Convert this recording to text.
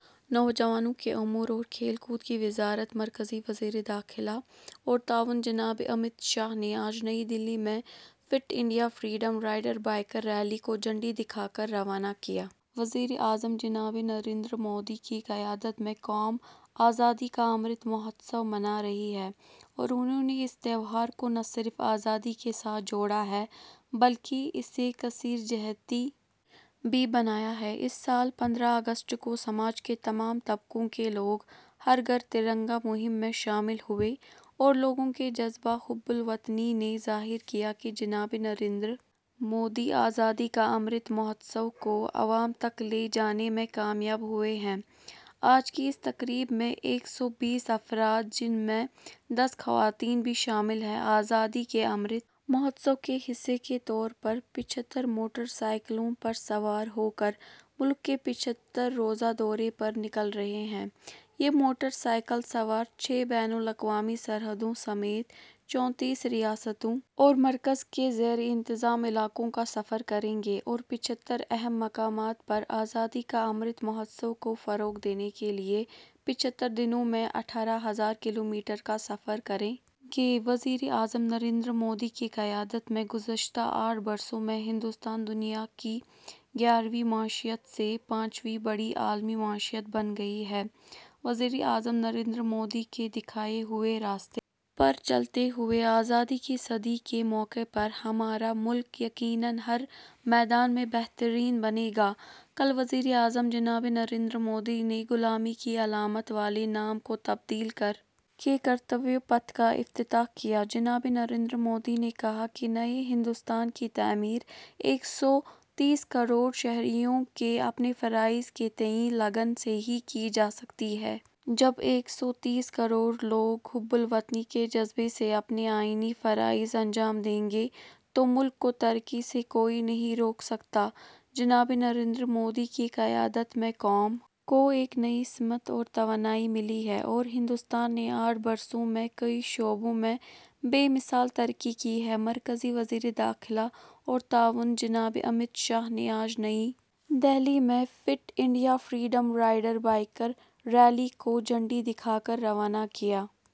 نوجوانوں کے امور اور کھیل کود کی وزارت مرکزی وزیر داخلہ اور تعاون جناب امت شاہ نے آج نئی دہلی میں fit India freedom rider biker rally کو جھنڈی دکھا کر روانہ کیا وزیر اعظم جناب نریندر مودی کی قیادت میں قوم آزادی کا امرت مہوتسو منا رہی ہے اور انہوں نے اس تہوار کو نہ صرف آزادی کے ساتھ جوڑا ہے بلکہ اسے کثیر جہتی بھی بنایا ہے اس سال پندرہ اگست کو سماج کے تمام طبقوں کے لوگ ہر گھر ترنگا مہم میں شامل ہوئے اور لوگوں کے جذبہ حب الوطنی نے ظاہر کیا کہ جناب نریندر مودی آزادی کا امرت مہوتسو کو عوام تک لے جانے میں کامیاب ہوئے ہیں آج کی اس تقریب میں ایک سو بیس افراد جن میں دس خواتین بھی شامل ہیں آزادی کے امرت مہوتسو کے حصے کے طور پر پچھتر موٹر سائیکلوں پر سوار ہو کر ملک کے پچھتر روزہ دورے پر نکل رہے ہیں یہ موٹر سائیکل سوار چھ بین الاقوامی سرحدوں سمیت چونتیس ریاستوں اور مرکز کے زیر انتظام علاقوں کا سفر کریں گے اور پچھتر اہم مقامات پر آزادی کا امرت مہوتسو کو فروغ دینے کے لیے پچھتر دنوں میں اٹھارہ ہزار کلومیٹر کا سفر کریں گے وزیر اعظم نریندر مودی کی قیادت میں گزشتہ آٹھ برسوں میں ہندوستان دنیا کی گیارہویں معیشت سے پانچویں بڑی عالمی معیشت بن گیا ہے وزیر اعظم نریندر مودی کے دکھائے ہوئے راستے پر چلتے ہوئے آزادی کی صدی کے موقع پر ہمارا ملک یقیناً ہر میدان میں بہترین بنے گا کل وزیر اعظم جناب نریندر مودی نے غلامی کی علامت والے نام کو تبدیل کر کے کرتویہ پتھ کا افتتاح کیا جناب نریندر مودی نے کہا کہ نئے ہندوستان کی تعمیر ایک سو تیس کروڑ شہریوں کے اپنے فرائض کے تئیں لگن سے ہی کی جا سکتی ہے جب ایک سو تیس کروڑ لوگ حب الوطنی کے جذبے سے اپنے آئینی فرائض انجام دیں گے تو ملک کو ترقی سے کوئی نہیں روک سکتا جناب نریندر مودی کی قیادت میں قوم کو ایک نئی سمت اور توانائی ملی ہے اور ہندوستان نے آٹھ برسوں میں کئی شعبوں میں بے مثال ترقی کی ہے مرکزی وزیر داخلہ اور تعاون جناب امت شاہ نے آج نئی دہلی میں fit India freedom rider biker rally کو جھنڈی دکھا کر روانہ کیا